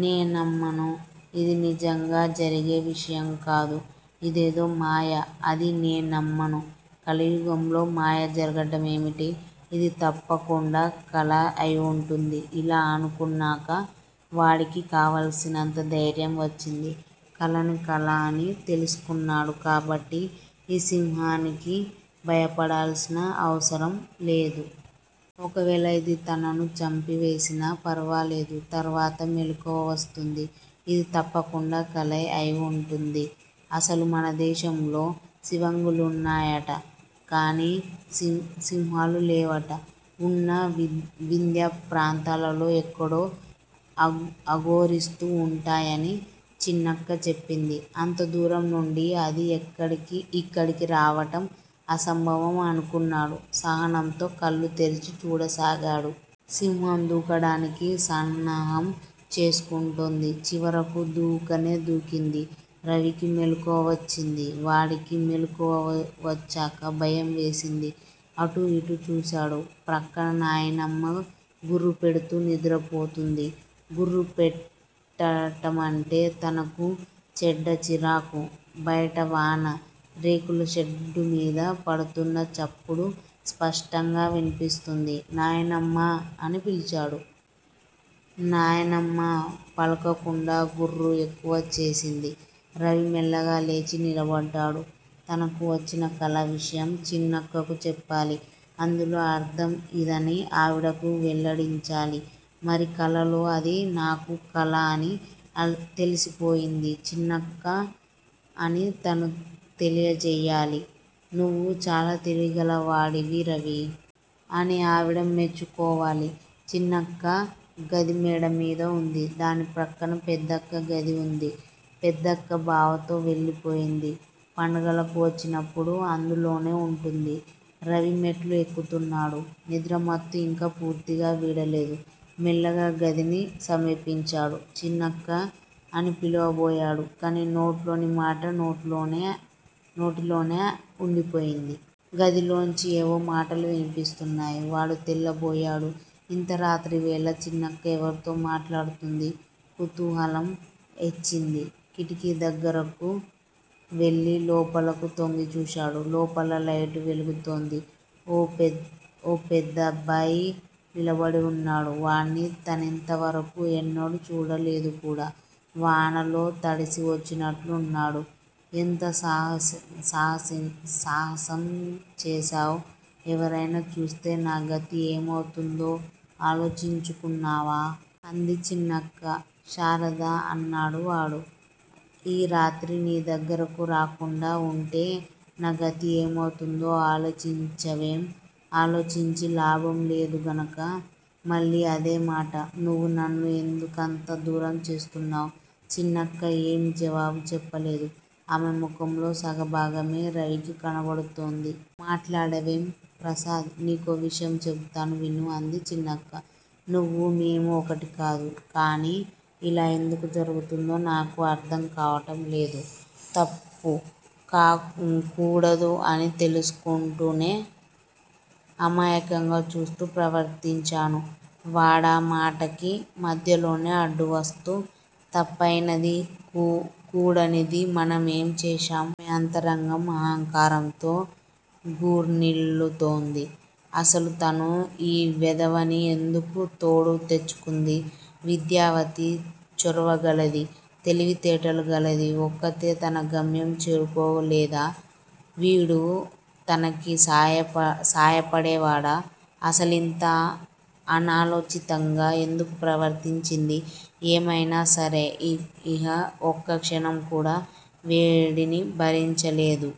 నేన్నమ్మను. ఇది నిజంగా జరిగే విషయంకాదు. ఇదేదో మాయ. అదీ నేన్నమ్మను. కలియుగంలో మాయ జరగటం ఏమిటి? ఇది తప్పకుండా కల అయివుంటుంది. ఇలా అనుకున్నాక వాడికి కావలసినంత ధైర్యం వచ్చింది. కలని కల అని తెలుసుకున్నాడు కాబట్టి ఈ సింహానికి భయపడాల్సిన అవసరం లేదు. ఒకవేళ ఇది తనను చంపివేసినా ఫర్వాలేదు. తర్వాత మెలకువ వస్తుంది. ఇది తప్పకుండా కలే అయివుంటుంది. అసలు మనదేశంలో సివంగులున్నాయట కానీ సింహాలులేవట. ఉన్నా వింధ్యప్రాంతాలలో ఎక్కడో అఘోరిస్తూ వుంటాయని చిన్నక్క చెప్పింది. అంతదూరంనుండి అది ఇక్కడికి రావటం అసంభవం అనుకున్నాడు. సహనంతో కళ్ళు తెరిచి చూడసాగాడు. సింహం దూకడానికి సన్నాహం చేసుకుంటోంది. చివరకు దూకనే దూకింది. రవికి మెలకువ వచ్చింది. వాడికి మెలకువ వచ్చాక భయంవేసింది. అటూఇటూ చూశాడు. ప్రక్కన నాయనమ్మ గుర్రుపెడుతూ నిద్రపోతుంది. గుర్రుపెట్టటమంటే తనకు చెడ్డ చిరాకు. బయట వాన. రేకులషెడ్డుమీద పడుతున్న చప్పుడు స్పష్టంగా వినిపిస్తుంది. నాయనమ్మా! అని పిలిచాడు. నాయనమ్మా పలుకకుండా గుర్రు ఎక్కువచేసింది. రవి మెల్లగా లేచి నిలబడ్డాడు. తనకు వచ్చిన కల విషయం చిన్నక్కకు చెప్పాలి. అందులో అర్థం ఇదని ఆవిడకు వెల్లడించాలి. మరి కలలో అది నాకు కల అని తెలిసిపోయింది చిన్నక్కా! అని తను తెలియజేయ్యాలి. నువ్వు చాలా తెలివిగలవాడివి రవీ! అని ఆవిడ మెచ్చుకోవాలి. చిన్నక్క గది మేడమీద వుంది. దాని ప్రక్కన పెద్దక్క గది వుంది. పెద్దక్క బావతో వెళ్ళిపోయింది. పండుగలకు వచ్చినప్పుడు అందులోనే వుంటుంది. రవి మెట్లు ఎక్కుతున్నాడు. నిద్రమత్తు ఇంకా పూర్తిగా వీడలేదు. మెల్లగా గదిని సమీపించాడు. చిన్నక్కా! అని పిలవబోయాడు కానీ నోట్లోనిమాట నోటిలోనే వుండిపోయింది. గదిలోంచి ఏవో మాటలు వినిపిస్తున్నాయి. వాడు తెల్లబోయాడు. ఇంత రాత్రివేళ చిన్నక్క ఎవరితో మాట్లాడుతుంది? కుతూహలం హెచ్చింది. కిటికీదగ్గరకు వెళ్ళి లోపలకు తొంగిచూశాడు. లోపల లైటు వెలుగుతోంది. ఓ పెద్దబ్బాయి నిలబడివున్నాడు. వాడ్ని తనింతవరకూ ఎన్నడూ చూడలేదుకూడా. వానలో తడిసి వచ్చినట్లున్నాడు. ఎంత సాహసంచేశావ్? ఎవరైనా చూస్తే నా గతి ఏమౌతుందో ఆలోచించుకున్నావా? అంది చిన్నక్క. శారదా! అన్నాడు వాడు. ఈ రాత్రి నీ దగ్గరకు రాకుండా వుంటే నా గతి ఏమౌతుందో ఆలోచించవేం? ఆలోచించి లాభం లేదుగనుక! మళ్ళీ అదేమాట! నువ్వు నన్ను ఎందుకంత దూరం చేస్తున్నావు? చిన్నక్క ఏమీ జవాబు చెప్పలేదు. ఆమె ముఖంలో సగభాగమే రవికి కనబడుతోంది. మాట్లాడవేం? ప్రసాద్! నీకో విషయం చెబుతాను విను అంది చిన్నక్క. నువ్వూ, మేమూ ఒకటికాదు. కానీ ఇలా ఎందుకు జరిగిందో నాకూ అర్ధంకావటం లేదు. తప్పు, కూడదు అని తెలుసుకుంటూనే అమాయకంగా చూస్తు ప్రవర్తించాను. వాడామాటకి మధ్యలోనే అడ్డువస్తూ తప్పయినదీ, కూడనిదీ మనం ఏం చేశాం? ఆమె అంతరంగం అహంకారంతో ఘార్ణిల్లుతోంది. అసలు తను ఈ వెధవని ఎందుకు తోడు తెచ్చుకుంది? విద్యావతి, చొరవగలది. తెలివితేటలు గలది ఒక్కతే తన గమ్యం చేరుకోలేదా? వీడు తనకి సాయపడేవాడా? అసలింత అనాలోచితంగా ఎందుకు ప్రవర్తించింది? ఏమయినా సరే ఇహ ఒక్కక్షణం కూడా వేడిని భరించలేదు.